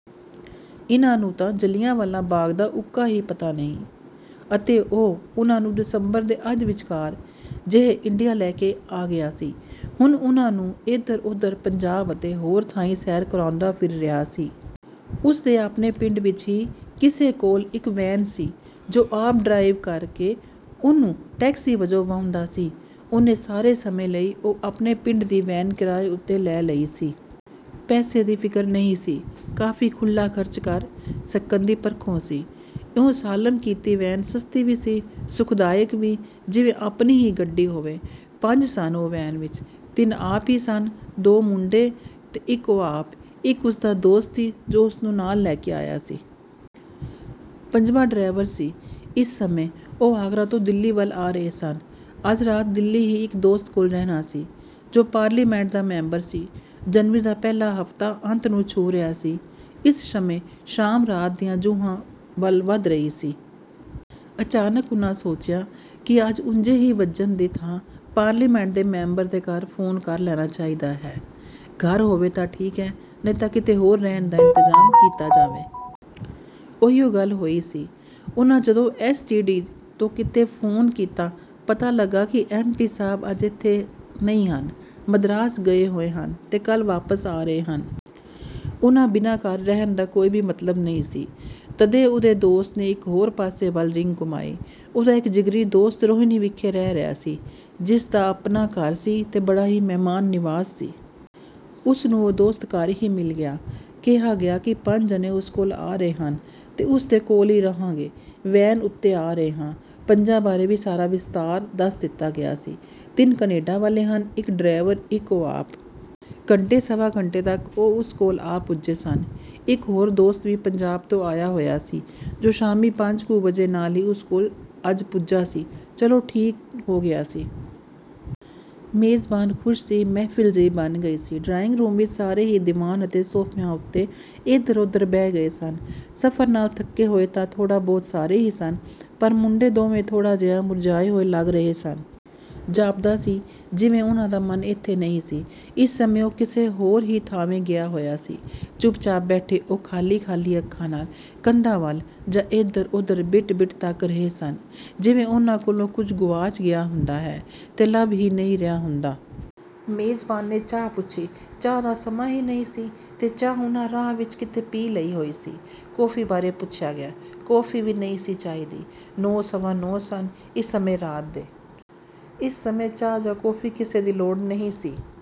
ਇਹਨਾਂ ਨੂੰ ਤਾਂ ਜਲ੍ਹਿਆਂਵਾਲਾ ਬਾਗ ਦਾ ਉਕਾ ਹੀ ਪਤਾ ਨਹੀਂ। ਅਤੇ ਉਹ ਉਹਨਾਂ ਨੂੰ ਦਸੰਬਰ ਦੇ ਅੱਧ ਵਿਚਕਾਰ ਜਿਹੇ ਇੰਡੀਆ ਲੈ ਕੇ ਆ ਗਿਆ ਸੀ। ਹੁਣ ਉਹਨਾਂ ਨੂੰ ਏਧਰ-ਉਧਰ ਪੰਜਾਬ ਅਤੇ ਹੋਰੀ ਥਾਂਈਂ ਸੈਰ ਕਰਾਉਂਦਾ ਫਿਰ ਰਿਹਾ ਸੀ। ਉਸ ਦੇ ਆਪਣੇ ਪਿੰਡ ਵਿਚ ਹੀ ਕਿਸੇ ਕੋਲ ਇਕ ਵੈਨ ਸੀ ਜੋ ਆਪ ਡਰਾਈਵ ਕਰ ਕੇ ਉਹਨੂੰ ਟੈਕਸੀ ਵਜੋਂ ਵਾਹੁੰਦਾ ਸੀ। ਉਹਨੇ, ਸਾਰੇ ਸਮੇਂ ਲਈ ਉਹ ਆਪਣੇ ਪਿੰਡ ਦੀ ਵੈਨ ਕਿਰਾਏ ਉਤੇ ਲੈ ਲਈ ਸੀ। ਪੈਸੇ ਦੀ ਫਿਕਰ ਨਹੀਂ ਸੀ। ਕਾਫੀ ਖੁੱਲ੍ਹਾ ਖਰਚ ਕਰ ਸਕਣ ਦੀ ਪਰੋਖੋਂ ਸੀ। ਇਉਂ ਸਾਲਮ ਕੀਤੀ ਵੈਨ ਸਸਤੀ ਵੀ ਸੀ, ਸੁਖਦਾਇਕ ਵੀ, ਜਿਵੇਂ ਆਪਣੀ ਹੀ ਗੱਡੀ ਹੋਵੇ। ਪੰਜ ਸਨ ਉਹ ਵੈਨ ਵਿਚ। ਤਿੰਨ ਆਪ ਹੀ ਸਨ-ਦੋ ਮੁੰਡੇ ਇਕ ਉਹ ਆਪ-ਇਕ ਉਸ ਦਾ ਦੋਸਤ ਸੀ ਜੋ ਉਹਨੈ ਨਾਲ ਲੈ ਲਿਆ ਸੀ। ਪੰਜਵਾਂ ਡਰਾਈਵਰ ਸੀ। ਇਸ ਸਮੇਂ ਉਹ ਆਗਰਾ ਤੋਂ ਦਿੱਲੀ ਵੱਲ ਆ ਰਹੇ ਸਨ ਤੇ ਅੱਜ ਰਾਤ ਦਿੱਲੀ ਹੀ ਇਕ ਦੋਸਤ ਕੋਲ ਰਹਿਣਾ ਸੀ ਜੋ ਪਾਰਲੀਮੈਂਟ ਦਾ ਮੈਂਬਰ ਸੀ। ਜਨਵਰੀ ਦਾ ਪਹਿਲਾ ਹਫਤਾ ਅੰਤ ਨੂੰ ਛੂਹ ਰਿਹਾ ਸੀ ਤੇ ਇਸ ਸਮੇਂ ਸ਼ਾਮ ਰਾਤ ਦੀਆਂ ਜੂਹਾਂ ਵੱਲ ਵੱਧ ਰਹੀ ਸੀ। ਅਚਾਨਕ ਉਹਨਾਂ ਸੋਚਿਆ ਕਿ ਉਂਜੇ ਹੀ ਜਾ ਵੱਜਣ ਦੀ ਥਾਂ ਪਾਰਲੀਮੈਂਟ ਦੇ ਮੈਂਬਰ ਦੇ ਘਰ ਫੋਨ ਕਰ ਲੈਣਾ ਚਾਹੀਦਾ ਹੈ। ਘਰ ਹੋਵੇ ਤਾਂ ਠੀਕ ਹੈ, ਨਹੀਂ ਤਾਂ ਕਿਤੇ ਹੋਰ ਰਹਿਣ ਦਾ ਇੰਤਜ਼ਾਮ ਕੀਤਾ ਜਾਵੇ। ਉਹੀਓ ਗੱਲ ਹੋਈ ਸੀ। ਉਹਨਾਂ ਜਦੋਂ ਐਸ. ਟੀ. ਡੀ. ਤੋਂ ਕਿਤੋਂ ਫੋਨ ਕੀਤਾ ਪਤਾ ਲੱਗਾ ਕਿ ਐਮ. ਪੀ. ਸਾਹਿਬ ਅੱਜ ਏਥੇ ਨਹੀਂ ਹਨ, ਮਦਰਾਸ ਗਏ ਹੋਏ ਹਨ ਤੇ ਕੱਲ੍ਹ ਵਾਪਸ ਆ ਰਹੇ ਹਨ। ਉਹਨਾਂ ਬਿਨਾਂ ਘਰ ਰਹਿਣ ਦਾ ਕੋਈ ਵੀ ਮਤਲਬ ਨਹੀਂ ਸੀ। ਤਦੇ ਉਹਦੇ ਦੋਸਤ ਨੇ ਇਕ ਹੋਰ ਪਾਸੇ ਵੱਲ ਰਿੰਗ ਘੁਮਾਈ। ਉਹਦਾ ਇਕ ਜਿਗਰੀ ਦੋਸਤ ਰੋਹਿਨੀ ਵਿਖੇ ਰਹਿ ਰਿਹਾ ਸੀ। ਜਿਸ ਦਾ ਆਪਣਾ ਘਰ ਸੀ ਤੇ ਬੜਾ ਹੀ ਮਹਿਮਾਨ ਨਿਵਾਜ਼ ਸੀ। ਉਸ ਨੂੰ ਉਹ ਦੋਸਤ ਘਰ ਹੀ ਮਿਲ ਗਿਆ। ਕਿਹਾ ਗਿਆ ਕਿ ਪੰਜ ਜਣੇ ਉਸ ਕੋਲ ਆ ਰਹੇ ਹਾਂ ਤੇ ਉਸ ਕੋਲ ਹੀ ਰਹਾਂਗੇ। ਵੈਨ ਉਤੇ ਆ ਰਹੇ ਹਾਂ। ਪੰਜਾਂ ਬਾਰੇ ਵੀ ਸਾਰਾ ਵਿਸਤਾਰ ਦੱਸ ਦਿੱਤਾ ਗਿਆ ਸੀ ਕਿ ਤਿੰਨ ਕੈਨੇਡਾ ਵਾਲੇ ਹਨ, ਇਕ ਡਰਾਈਵਰ, ਇਕ ਉਹ ਆਪ। ਘੰਟੇ-ਸਵਾ ਘੰਟੇ ਤੱਕ ਉਹ ਉਸ ਕੋਲ ਆ ਪੁੱਜੇ ਸਨ। ਇਕ ਹੋਰ ਦੋਸਤ ਵੀ ਪੰਜਾਬ ਤੋਂ ਆਇਆ ਹੋਇਆ ਸੀ ਜੋ ਸ਼ਾਮੀ ਪੰਜ ਕੁ ਵਜੇ ਨਾਲ ਹੀ ਉਸ ਕੋਲ ਅੱਜ ਪੁੱਜਾ ਸੀ। ਚਲੋ, ਠੀਕ ਹੋ ਗਿਆ ਸੀ। ਮੇਜ਼ਬਾਨ ਖੁਸ਼ ਸੀ। ਮਹਿਫਲ ਜਿਹੀ ਬਣ ਗਈ ਸੀ। ਡਰਾਇੰਗ ਰੂਮ ਵਿਚ ਸਾਰੇ ਹੀ ਦੀਵਾਨ ਅਤੇ ਸੋਫ਼ਿਆਂ ਉਤੇ ਏਧਰ ਉਧਰ ਬਹਿ ਗਏ ਸਨ। ਸਫਰ ਨਾਲ ਥੱਕੇ ਹੋਏ ਤਾਂ ਥੋੜ੍ਹਾ ਬਹੁਤ ਸਾਰੇ ਹੀ ਸਨ ਪਰ ਮੁੰਡੇ ਦੋਵੇਂ ਥੋੜ੍ਹਾ ਜਿਹਾ ਮੁਰਝਾਏ ਜਿਹੇ ਲੱਗ ਰਹੇ ਸਨ। ਜਾਪਦਾ ਸੀ ਜਿਵੇਂ ਉਹਨਾਂ ਦਾ ਮਨ ਏਥੇ ਨਹੀਂ ਸੀ, ਇਸ ਸਮੇਂ ਉਹ ਕਿਸੇ ਹੋਰ ਹੀ ਥਾਂਵੇਂ ਗਿਆ ਹੋਇਆ ਸੀ। ਚੁੱਪ ਚਾਪ ਬੈਠੇ ਉਹ ਖਾਲੀ-ਖਾਲੀ ਅੱਖਾਂ ਨਾਲ ਕੰਧਾਂ ਵਲ ਜਾਂ ਏਧਰ ਉਧਰ ਬਿੱਟ ਬਿੱਟ ਤੱਕ ਰਹੇ ਸਨ ਜਿਵੇਂ ਉਹਨਾਂ ਕੋਲੋਂ ਕੁਝ ਗੁਆਚ ਗਿਆ ਹੁੰਦਾ ਹੈ ਤੇ ਲੱਭ ਹੀ ਨਹੀਂ ਰਿਹਾ ਹੁੰਦਾ। ਮੇਜ਼ਬਾਨ ਨੇ ਚਾਹ ਪੁੱਛੀ। ਚਾਹ ਦਾ ਸਮਾਂ ਹੀ ਨਹੀਂ ਸੀ ਤੇ ਚਾਹ ਉਹਨਾਂ ਰਾਹ ਵਿਚ ਹੀ ਕਿਤੇ ਪੀ ਲਈ ਹੋਈ ਸੀ। ਕੋਫ਼ੀ ਬਾਰੇ ਪੁੱਛਿਆ ਗਿਆ। ਕੋਫ਼ੀ ਵੀ ਨਹੀਂ ਸੀ ਚਾਹੀਦੀ। ਨੌ-ਸਵਾ ਨੌ ਸਨ ਇਸ ਸਮੇਂ ਰਾਤ ਦੇ। ਇਸ ਸਮੇਂ ਚਾਹ ਜਾਂ ਕੌਫ਼ੀ ਕਿਸੇ ਦੀ ਲੋੜ ਨਹੀਂ ਸੀ।